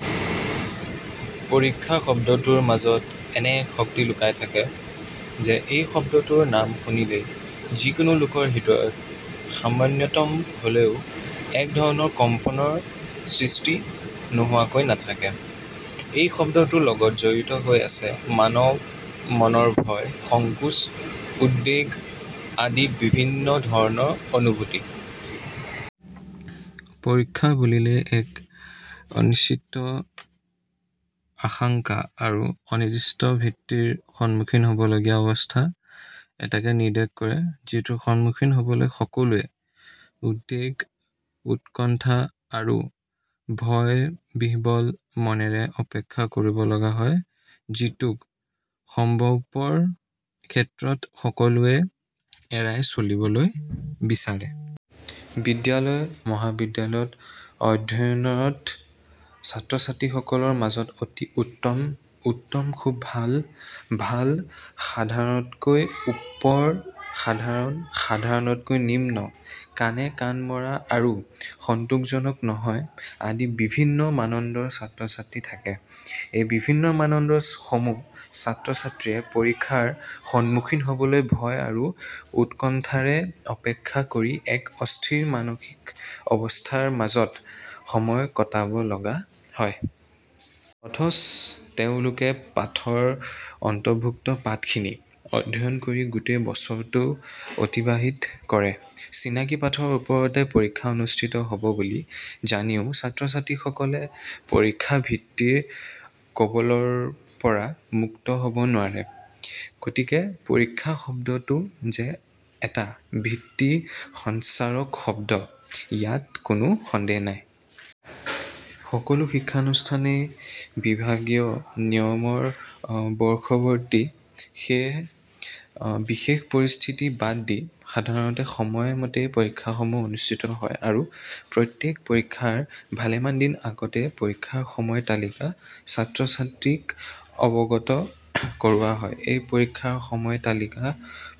'পৰীক্ষা' শব্দটোৰ মাজত এনে এক শক্তি লুকাই থাকে যে এই শব্দটোৰ নাম শুনিলেই যিকোনো লোকৰ হৃদয়ত সামান্যতম হ'লেও এক ধৰণৰ কম্পনৰ সৃষ্টি নোহোৱাকৈ নাথাকে। এই শব্দটোৰ লগত জড়িত হৈ আছে মানৱ মনৰ ভয়, সংকোচ, উদ্বেগ আদি বিভিন্ন ধৰণৰ অনুভূতি। পৰীক্ষা বুলিলেই এক অনিশ্চিত আশংকা আৰু অনিৰ্দিষ্ট ভীতিৰ সন্মুখীন হ'ব লগীয়া অৱস্থা এটাকে নিৰ্দেশ কৰে যিটোৰ সন্মুখীন হ'বলৈ সকলোৱে উদ্বেগ, উৎকণ্ঠা আৰু ভয়-বিহ্বল মনেৰে অপেক্ষা কৰিব লগা হয়, যিটোক সম্ভৱপৰ ক্ষেত্ৰত সকলোৱে এৰাই চলিবলৈ বিচাৰে। বিদ্যালয়, মহাবিদ্যালয়ত অধ্যয়নৰত ছাত্ৰ-ছাত্ৰীসকলৰ মাজত অতি উত্তম, উত্তম খুব ভাল, ভাল সাধাৰণতকৈ ওপৰ, সাধাৰণ, সাধাৰণতকৈ নিম্ন কাণে কাণ মৰা আৰু সন্তোষজনক নহয় আদি বিভিন্ন মানদণ্ডৰ ছাত্ৰ-ছাত্ৰী থাকে। এই বিভিন্ন মানদণ্ডৰ সমূহ ছাত্ৰ-ছাত্ৰীয়ে পৰীক্ষাৰ সন্মুখীন হ'বলৈ ভয় আৰু উৎকণ্ঠাৰে অপেক্ষা কৰি এক অস্থিৰ মানসিক অৱস্থাৰ মাজত সময় কটাব লগা হয়। অথচ তেওঁলোকে পাঠৰ অন্তৰ্ভুক্ত পাঠখিনি অধ্যয়ন কৰি গোটেই বছৰটো অতিবাহিত কৰে। চিনাকি পাঠৰ ওপৰতে পৰীক্ষা অনুষ্ঠিত হ'ব বুলি জানিও ছাত্ৰ-ছাত্ৰীসকলে পৰীক্ষা ভীতিৰ কবলৰপৰা মুক্ত হ'ব নোৱাৰে। গতিকে, পৰীক্ষা শব্দটো যে এটা ভীতি- সঞ্চাৰক শব্দ ইয়াত কোনো সন্দেহ নাই। সকলো শিক্ষানুষ্ঠানেই বিভাগীয় নিয়মৰ বশৱৰ্তী। সেয়ে বিশেষ পৰিস্থিতি বাদ দি সাধাৰণতে সময় মতেই পৰীক্ষাসমূহ অনুষ্ঠিত হয় আৰু প্ৰত্যেক পৰীক্ষাৰ ভালেমান দিন আগতে পৰীক্ষাৰ সময় তালিকা ছাত্ৰ-ছাত্ৰীক অৱগত কৰোৱা হয়। এই পৰীক্ষাৰ সময় তালিকা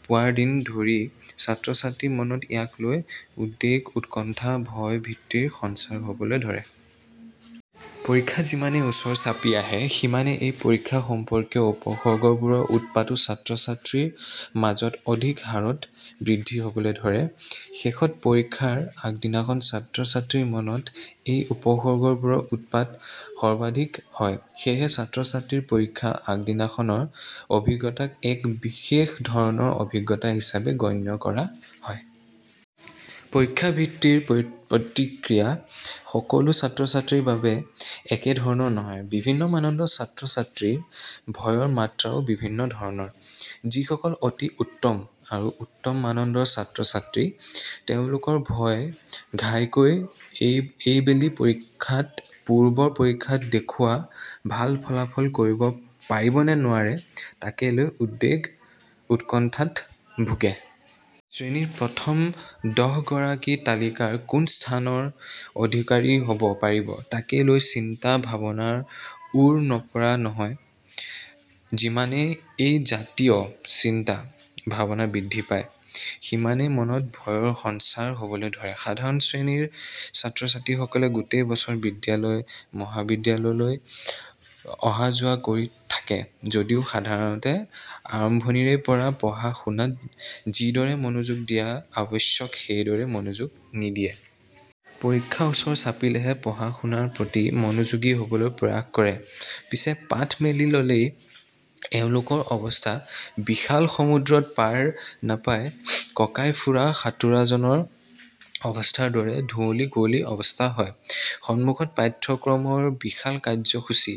পোৱাৰ দিন ধৰি ছাত্ৰ-ছাত্ৰীৰ মনত ইয়াক লৈ উদ্বেগ, উৎকণ্ঠা, ভয়-ভীতিৰ সঞ্চাৰ হ'বলৈ ধৰে। পৰীক্ষা যিমানেই ওচৰ চাপি আহে সিমানেই এই পৰীক্ষা সম্পৰ্কীয় উপসৰ্গবোৰৰ উৎপাতো ছাত্ৰ-ছাত্ৰীৰ মাজত অধিক হাৰত বৃদ্ধি হ'বলৈ ধৰে। শেষত পৰীক্ষাৰ আগদিনাখন ছাত্ৰ-ছাত্ৰীৰ মনত এই উপসৰ্গবোৰৰ উৎপাত সৰ্বাধিক হয়। সেয়েহে ছাত্ৰ-ছাত্ৰীৰ পৰীক্ষাৰ আগদিনাখনৰ অভিজ্ঞতাক এক বিশেষ ধৰণৰ অভিজ্ঞতা হিচাপে গণ্য কৰা হয়। পৰীক্ষা ভীতিৰ প্ৰতিক্ৰিয়া সকলো ছাত্ৰ-ছাত্ৰীৰ বাবে একে ধৰণৰ নহয়। বিভিন্ন মানদণ্ডৰ ছাত্ৰ-ছাত্ৰীৰ ভয়ৰ মাত্ৰাও ভিন্ন ধৰণৰ। যিসকল অতি উত্তম আৰু উত্তম মানদণ্ডৰ ছাত্ৰ-ছাত্ৰী তেওঁলোকৰ ভয় ঘাইকৈ এইবেলি পৰীক্ষাত পূৰ্বৰ পৰীক্ষাত দেখুওৱা ভাল ফলাফল কৰিব পাৰিব নে নোৱাৰে তাকে লৈ উদ্বেগ, উৎকণ্ঠাত ভোগে। শ্ৰেণীৰ প্ৰথম দহ গৰাকীৰ তালিকাৰ কোন স্থানৰ অধিকাৰী হ'ব পাৰিব তাকে লৈ চিন্তা-ভাৱনাৰ ওৰ নপৰা নহয় যিমানে এই জাতীয় চিন্তা-ভাৱনা বৃদ্ধি পায়, সিমানে মনত ভয়ৰ সঞ্চাৰ হ'বলৈ ধৰে। সাধাৰণ শ্ৰেণীৰ ছাত্ৰ-ছাত্ৰীসকলে গোটেই বছৰ বিদ্যালয়, মহাবিদ্যালয়লৈ অহা-যোৱা কৰি থাকে যদিও সাধাৰণতে আৰম্ভণিৰেপৰা পঢ়া-শুনাত যিদৰে মনোযোগ দিয়া আৱশ্যক সেইদৰে মনোযোগ নিদিয়ে। পৰীক্ষা ওচৰ চাপিলেহে পঢ়া-শুনাৰ প্ৰতি মনোযোগী হ'বলৈ প্ৰয়াস কৰে। পিচে, পাঠ মেলি ল'লেই এওঁলোকৰ অৱস্থা বিশাল সমুদ্ৰত পাৰ নাপাই ককাই ফুৰা সাঁতোৰাজনৰ অৱস্থাৰ দৰে ধুঁৱলি-কুঁৱলী অৱস্থা হয়। সন্মুখত পাঠ্যক্ৰমৰ বিশাল কাৰ্যসূচী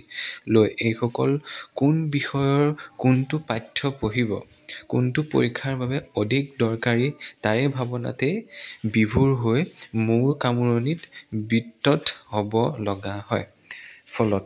লৈ এইসকলে কোন বিষয়ৰ কোনটো পাঠ্য পঢ়িব, কোনটো পৰীক্ষাৰ বাবে অধিক দৰ্কাৰী তাৰে ভাৱনাতে বিভোৰ হৈ মূৰ কামোৰণিত বিতত হ'ব লগা হয়। ফলত